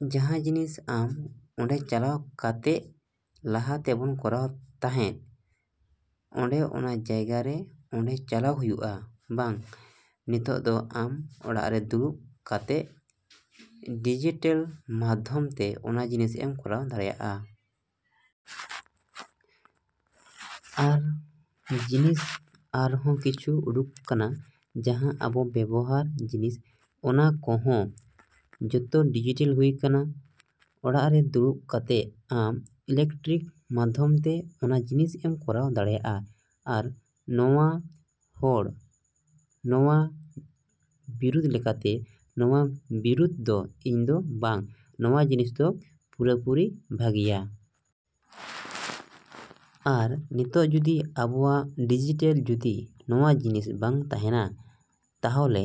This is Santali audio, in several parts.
ᱡᱟᱦᱟᱸ ᱡᱤᱱᱤᱥ ᱟᱢ ᱚᱸᱰᱮ ᱪᱟᱞᱟᱣ ᱠᱟᱛᱮᱜ ᱞᱟᱦᱟ ᱛᱮᱵᱚᱱ ᱠᱚᱨᱟᱣ ᱛᱟᱦᱮᱸᱜ, ᱚᱸᱰᱮ ᱚᱱᱟ ᱡᱟᱭᱜᱟ ᱨᱮ ᱚᱸᱰᱮ ᱪᱟᱞᱟᱣ ᱦᱩᱭᱩᱜᱼᱟ ᱵᱟᱝ᱾ ᱱᱤᱛᱚᱜ ᱫᱚ ᱟᱢ ᱚᱲᱟᱜ ᱨᱮ ᱫᱩᱲᱩᱵ ᱠᱟᱛᱮᱜ ᱰᱤᱡᱤᱴᱟᱞ ᱢᱟᱫᱽᱫᱷᱚᱢ ᱛᱮ ᱚᱱᱟ ᱡᱤᱱᱤᱥ ᱮᱢ ᱠᱚᱨᱟᱣ ᱫᱟᱲᱮᱭᱟᱜᱼᱟ᱾ ᱟᱨ ᱡᱤᱱᱤᱥ ᱟᱨᱦᱚᱸ ᱠᱤᱪᱷᱩ ᱩᱰᱩᱠ ᱠᱟᱱᱟ ᱡᱟᱦᱟᱸ ᱟᱵᱚ ᱵᱮᱵᱚᱦᱟᱨ ᱡᱤᱱᱤᱥ, ᱚᱱᱟ ᱠᱚᱦᱚᱸ ᱡᱚᱛᱚ ᱰᱤᱡᱤᱴᱟᱞ ᱦᱩᱭ ᱠᱟᱱᱟ᱾ ᱚᱲᱟᱜ ᱨᱮ ᱫᱩᱲᱩᱵ ᱠᱟᱛᱮᱜ ᱟᱢ ᱤᱞᱮᱠᱴᱨᱚᱱᱤᱠ ᱢᱟᱫᱽᱫᱷᱚᱢ ᱛᱮ ᱚᱱᱟ ᱡᱤᱱᱤᱥ ᱮᱢ ᱠᱚᱨᱟᱣ ᱫᱟᱲᱮᱭᱟᱜᱼᱟ᱾ ᱟᱨ ᱱᱚᱣᱟ ᱦᱚᱲ ᱱᱚᱣᱟ ᱵᱤᱨᱩᱫᱷ ᱞᱮᱠᱟᱛᱮ ᱱᱚᱣᱟ ᱵᱤᱨᱩᱫᱷ ᱫᱚ ᱤᱧ ᱫᱚ ᱵᱟᱝ, ᱱᱚᱣᱟ ᱡᱤᱱᱤᱥ ᱫᱚ ᱯᱩᱨᱟᱹᱯᱩᱨᱤ ᱵᱷᱟᱜᱮᱭᱟ᱾ ᱟᱨ ᱱᱤᱛᱚᱜ ᱡᱩᱫᱤ ᱟᱵᱚᱣᱟᱜ ᱰᱤᱡᱤᱴᱟᱞ ᱡᱩᱫᱤ ᱱᱚᱣᱟ ᱡᱤᱱᱤᱥ ᱵᱟᱝ ᱛᱟᱦᱮᱱᱟ, ᱛᱟᱦᱚᱞᱮ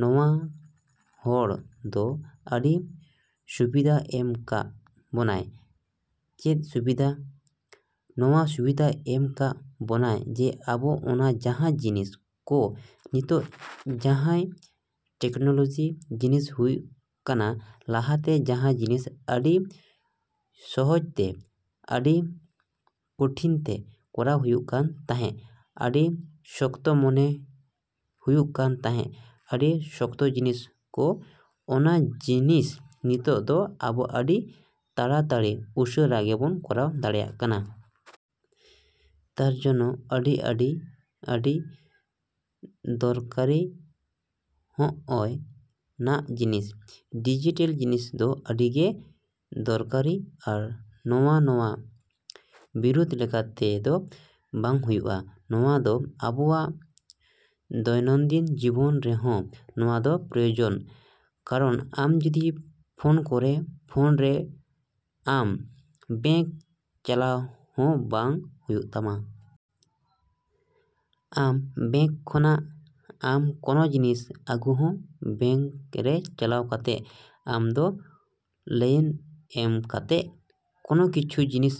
ᱱᱚᱣᱟ ᱦᱚᱲ ᱦᱚᱸ ᱟᱹᱰᱤ ᱥᱩᱵᱤᱫᱷᱟ ᱮᱢ ᱠᱟᱜ ᱵᱚᱱᱟᱭ᱾ ᱪᱮᱫ ᱥᱩᱵᱤᱫᱷᱟ? ᱱᱚᱣᱟ ᱥᱩᱵᱤᱫᱷᱟ ᱮᱢ ᱠᱟᱜ ᱵᱚᱱᱟᱭ ᱡᱮ ᱟᱵᱚ ᱚᱱᱟ ᱡᱟᱦᱟᱸ ᱡᱤᱱᱤᱥ ᱠᱚ ᱱᱤᱛᱚᱜ ᱡᱟᱦᱟᱸᱭ ᱴᱮᱠᱱᱳᱞᱚᱡᱤ ᱡᱤᱱᱤᱥ ᱦᱩᱭ ᱠᱟᱱᱟ, ᱞᱟᱦᱟᱛᱮ ᱡᱟᱦᱟᱸ ᱡᱤᱱᱤᱥ ᱟᱹᱰᱤ ᱥᱚᱦᱚᱡ ᱛᱮ, ᱟᱹᱰᱤ ᱠᱚᱴᱷᱤᱱ ᱛᱮ ᱠᱚᱨᱟᱣ ᱦᱩᱭᱩᱜ ᱠᱟᱱ ᱛᱟᱦᱮᱸᱜ, ᱟᱹᱰᱤ ᱥᱚᱠᱛᱚ ᱢᱚᱱᱮ ᱦᱩᱭᱩᱜ ᱠᱟᱱ ᱛᱟᱦᱮᱸᱜ, ᱟᱹᱰᱤ ᱥᱚᱠᱛᱚ ᱡᱤᱱᱤᱥ ᱠᱚ, ᱚᱱᱟ ᱡᱤᱱᱤᱥ ᱱᱤᱛᱚᱜ ᱫᱚ ᱟᱵᱚ ᱟᱹᱰᱤ ᱛᱟᱲᱟᱛᱟᱲᱤ ᱩᱥᱟᱹᱨᱟ ᱜᱮᱵᱚᱱ ᱠᱚᱨᱟᱣ ᱫᱟᱲᱮᱭᱟᱜ ᱠᱟᱱᱟ᱾ ᱛᱟᱨᱡᱚᱱᱱᱚ ᱟᱹᱰᱤ ᱟᱹᱰᱤ ᱟᱹᱰᱤ ᱫᱚᱨᱠᱟᱨᱤ ᱦᱚᱜᱼᱚᱭ ᱱᱟ ᱡᱤᱱᱤᱥ᱾ ᱰᱤᱡᱤᱴᱟᱞ ᱡᱤᱱᱤᱥ ᱫᱚ ᱟᱹᱰᱤ ᱜᱮ ᱫᱚᱨᱠᱟᱨᱤ ᱟᱨ ᱱᱚᱣᱟ ᱱᱚᱣᱟ ᱵᱤᱨᱩᱫᱷ ᱞᱮᱠᱷᱟᱱ ᱫᱚ ᱵᱟᱝ ᱦᱩᱭᱩᱜᱼᱟ᱾ ᱱᱚᱣᱟ ᱫᱚ ᱟᱵᱚᱣᱟᱜ ᱫᱚᱭᱱᱚᱱᱫᱤᱱ ᱡᱤᱵᱚᱱ ᱨᱮᱦᱚᱸ ᱱᱚᱣᱟ ᱫᱚ ᱯᱨᱚᱭᱳᱡᱚᱱ᱾ ᱠᱟᱨᱚᱱ ᱟᱢ ᱡᱚᱫᱤ ᱯᱷᱚᱱ ᱠᱚᱨᱮ, ᱯᱷᱚᱱ ᱨᱮ ᱟᱢ ᱵᱮᱝᱠ ᱪᱟᱞᱟᱣ ᱦᱚᱸ ᱵᱟᱝ ᱦᱩᱭᱩᱜ ᱛᱟᱢᱟ᱾ ᱟᱢ ᱵᱮᱝᱠ ᱠᱷᱚᱱᱟᱜ ᱟᱢ ᱠᱚᱱᱚ ᱡᱤᱱᱤᱥ ᱟᱹᱜᱩ ᱦᱚᱸ ᱵᱮᱝᱠ ᱨᱮ ᱪᱟᱞᱟᱣ ᱠᱟᱛᱮᱜ ᱟᱢ ᱫᱚ ᱞᱟᱭᱤᱱ ᱮᱢ ᱠᱟᱛᱮᱜ ᱠᱚᱱᱚ ᱠᱤᱪᱷᱩ ᱡᱤᱱᱤᱥ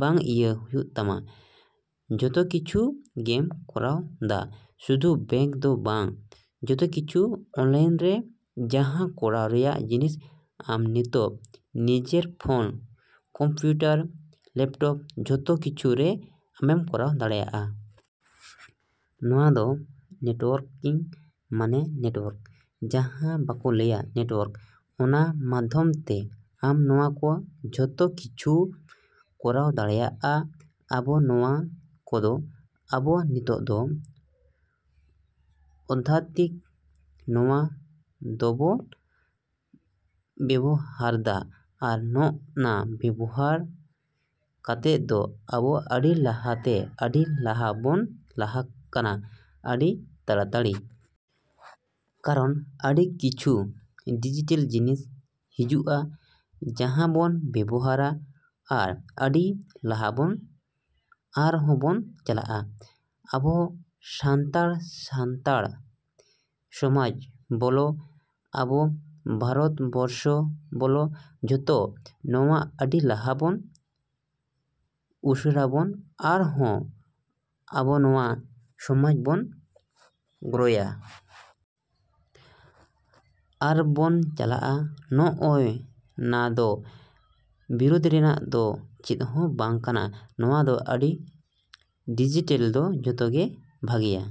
ᱵᱟᱝ ᱤᱭᱟᱹ ᱦᱩᱭᱩᱜ ᱛᱟᱢᱟ᱾ ᱡᱷᱚᱛᱚ ᱠᱤᱪᱷᱩ ᱜᱮᱢ ᱠᱚᱨᱟᱣ ᱫᱟ᱾ ᱥᱩᱫᱩ ᱵᱮᱝᱠ ᱫᱚ ᱵᱟᱝ, ᱡᱷᱚᱛᱚ ᱠᱤᱪᱷᱩ ᱚᱱᱞᱟᱭᱤᱱ ᱨᱮ ᱡᱟᱦᱟᱸ ᱠᱚᱨᱟᱣ ᱨᱮᱱᱟᱜ ᱡᱤᱱᱤᱥ ᱟᱢ ᱱᱤᱛᱚᱜ ᱱᱤᱡᱮᱨ ᱯᱷᱚᱱ, ᱠᱚᱢᱯᱤᱭᱩᱴᱟᱨ, ᱞᱮᱯᱴᱚᱯ, ᱡᱷᱚᱛᱚ ᱠᱤᱪᱷᱩ ᱨᱮ ᱟᱢᱮᱢ ᱠᱚᱨᱟᱣ ᱫᱟᱲᱮᱭᱟᱜᱼᱟ᱾ ᱱᱚᱣᱟ ᱫᱚ ᱱᱮᱴᱣᱚᱨᱠᱤᱝ ᱢᱟᱱᱮ ᱱᱮᱴᱣᱚᱨᱠ ᱡᱟᱦᱟᱸ ᱵᱟᱠᱚ ᱞᱟᱹᱭᱟ ᱱᱮᱴᱣᱚᱨᱠ, ᱚᱱᱟ ᱢᱟᱫᱽᱫᱷᱚᱢ ᱛᱮ ᱟᱢ ᱱᱚᱣᱟ ᱠᱚ ᱡᱷᱚᱛᱚ ᱠᱤᱪᱷᱩᱢ ᱠᱚᱨᱟᱣ ᱫᱟᱲᱮᱭᱟᱜᱼᱟ᱾ ᱟᱵᱚ ᱱᱚᱣᱟ ᱠᱚᱫᱚ ᱟᱵᱚ ᱱᱤᱛᱚᱜ ᱫᱚ ᱚᱛᱛᱟᱫᱷᱤᱠ ᱱᱚᱣᱟ ᱫᱚᱵᱚᱱ ᱵᱮᱵᱚᱦᱟᱨᱫᱟ᱾ ᱟᱨ ᱱᱚᱜᱼᱱᱟ ᱵᱮᱵᱚᱦᱟᱨ ᱠᱟᱛᱮᱜ ᱫᱚ ᱟᱵᱚ ᱟᱹᱰᱤ ᱞᱟᱦᱟᱛᱮ ᱟᱹᱰᱤ ᱞᱟᱦᱟᱵᱚᱱ ᱞᱟᱦᱟᱜ ᱠᱟᱱᱟ ᱟᱹᱰᱤ ᱛᱟᱲᱟᱛᱟᱲᱤ᱾ ᱠᱟᱨᱚᱱ ᱟᱹᱰᱤ ᱠᱤᱪᱷᱩ ᱰᱤᱡᱤᱴᱟᱞ ᱡᱤᱱᱤᱥ ᱦᱤᱡᱩᱜᱼᱟ ᱡᱟᱦᱟᱸ ᱵᱚᱱ ᱵᱮᱵᱚᱦᱟᱨᱟ ᱟᱨ ᱟᱹᱰᱤ ᱞᱟᱦᱟᱵᱚᱱ ᱟᱨᱦᱚᱸ ᱵᱚᱱ ᱪᱟᱞᱟᱜᱼᱟ᱾ ᱟᱵᱚ ᱥᱟᱱᱛᱟᱲ ᱥᱟᱱᱛᱟᱲ ᱥᱚᱢᱟᱡᱽ ᱵᱚᱞᱚ, ᱟᱵᱚ ᱵᱷᱟᱨᱚᱛᱵᱚᱨᱥᱚ ᱵᱚᱞᱚ, ᱡᱷᱚᱛᱚ ᱱᱚᱣᱟ ᱟᱹᱰᱤ ᱞᱟᱦᱟᱵᱚᱱ ᱩᱥᱟᱹᱨᱟᱵᱚᱱ ᱟᱨᱦᱚᱸ ᱟᱵᱚ ᱱᱚᱣᱟ ᱥᱚᱢᱟᱡᱽ ᱵᱚᱱ ᱜᱨᱳᱭᱟ᱾ ᱟᱨ ᱵᱚᱱ ᱪᱟᱞᱟᱜᱼᱟ᱾ ᱱᱚᱜᱼᱚᱭ ᱱᱟ ᱫᱚ ᱵᱤᱨᱚᱫᱷ ᱨᱮᱱᱟᱜ ᱫᱚ ᱪᱮᱫ ᱦᱚᱸ ᱵᱟᱝ ᱠᱟᱱᱟ᱾ ᱱᱚᱣᱟ ᱫᱚ ᱟᱹᱰᱤ ᱰᱤᱡᱤᱴᱟᱞ ᱫᱚ ᱡᱷᱚᱛᱚ ᱜᱮ ᱵᱷᱟᱜᱮᱭᱟ᱾।